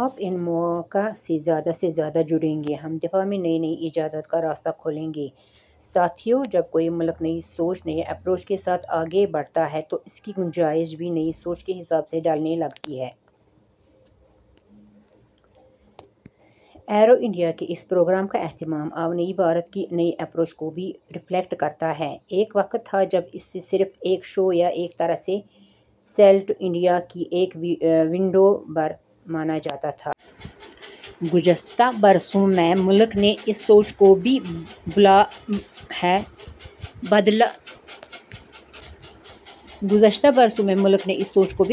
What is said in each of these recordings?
آپ ان مواقع سے زیادہ سے زیادہ جڑیں گے تو دفاع میں نئی نئی ایجادات کا راستہ کھلے گا۔ ساتھیوں، جب کوئی ملک نئی سوچ، نئی اپروچ کے ساتھ آگے بڑھتا ہے تو اس کی گنجائش بھی نئی سوچ کے حساب سے ڈھلنے لگتی ہے۔ ایرو انڈیا کے اس پروگرام کا اہتمام آج نئے بھارت کی نئی اپروچ کو بھی ریفلیکٹ کرتا ہے۔ ایک وقت تھا جب اسے صرف ایک شو یا ایک طرح سے سیل ٹو انڈیا کی ایک ونڈو بھر مانا جاتا تھا۔ گزشتہ برسوں میں ملک نے اس سوچ کو بھی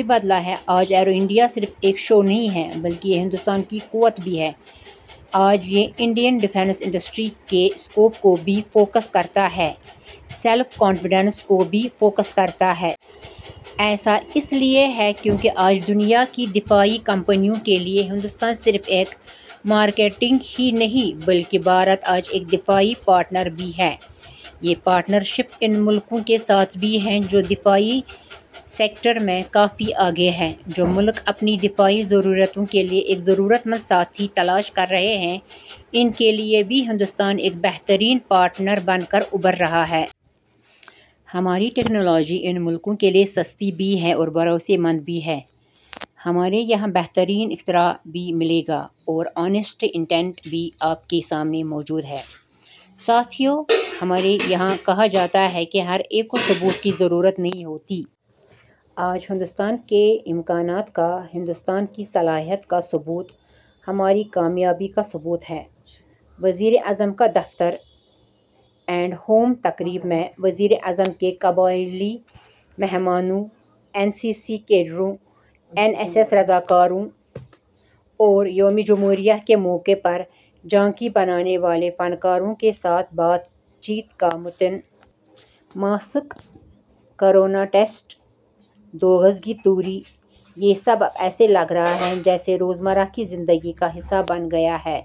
بدلا ہے۔ آج ایرو انڈیا صرف ایک شو نہیں ہے بلکہ یہ ہندوستان کی قوت بھی ہے۔ آج یہ انڈین ڈیفینس انڈسٹری کے اسکوپ کو بھی فوکس کرتا ہے اور سیلف کانفیڈنس کو بھی فوکس کرتا ہے۔ ایسا اس لیے ہے کیونکہ آج دنیا کی دفاعی کمپنیوں کے لیے ہندوستان صرف ایک مارکیٹ ہی نہیں بلکہ بھارت آج ایک دفاعی پارٹنر بھی ہے۔ یہ پارٹنرشپ ان ملکوں کے ساتھ بھی ہے جو دفاعی سیکٹر میں کافی آگے ہیں، جو ملک اپنی دفاعی ضرورتوں کے لیے ایک ضرورت مند ساتھی تلاش کر رہے ہیں، ان کے لیے بھی ہندوستان ایک بہترین پارٹنر بن کر ابھر رہا ہے۔ ہماری ٹیکنالوجی ان ملکوں کے لیے سستی بھی ہے اور بھروسے مند بھی ہے۔ ہمارے یہاں بہترین اختراع بھی ملے گا اور آنسٹ انٹینٹ بھی آپ کے سامنے موجود ہے۔ ساتھیوں، ہمارے یہاں کہا جاتا ہے کہ ہر ایک کو ثبوت کی ضرورت نہیں ہوتی۔ آج ہندوستان کے امکانات کا، ہندوستان کی صلاحیت کا ثبوت، ہماری کامیابی کا ثبوت ہے۔ وزیراعظم کا دفتر، ایٹ ہوم تقریب میں وزیر اعظم کے قبائلی مہمانوں، این سی سی کیڈٹوں، این ایس ایس رضاکاروں اور یومِ جمہوریہ کے موقع پر جھانکی بنانے والے فنکاروں کے ساتھ بات چیت کا متن۔ ماسک، کرونا ٹیسٹ، دو گز کی دوری، یہ سب اب ایسے لگ رہا ہے جیسے روزمرہ کی زندگی کا حصہ بن گیا ہے۔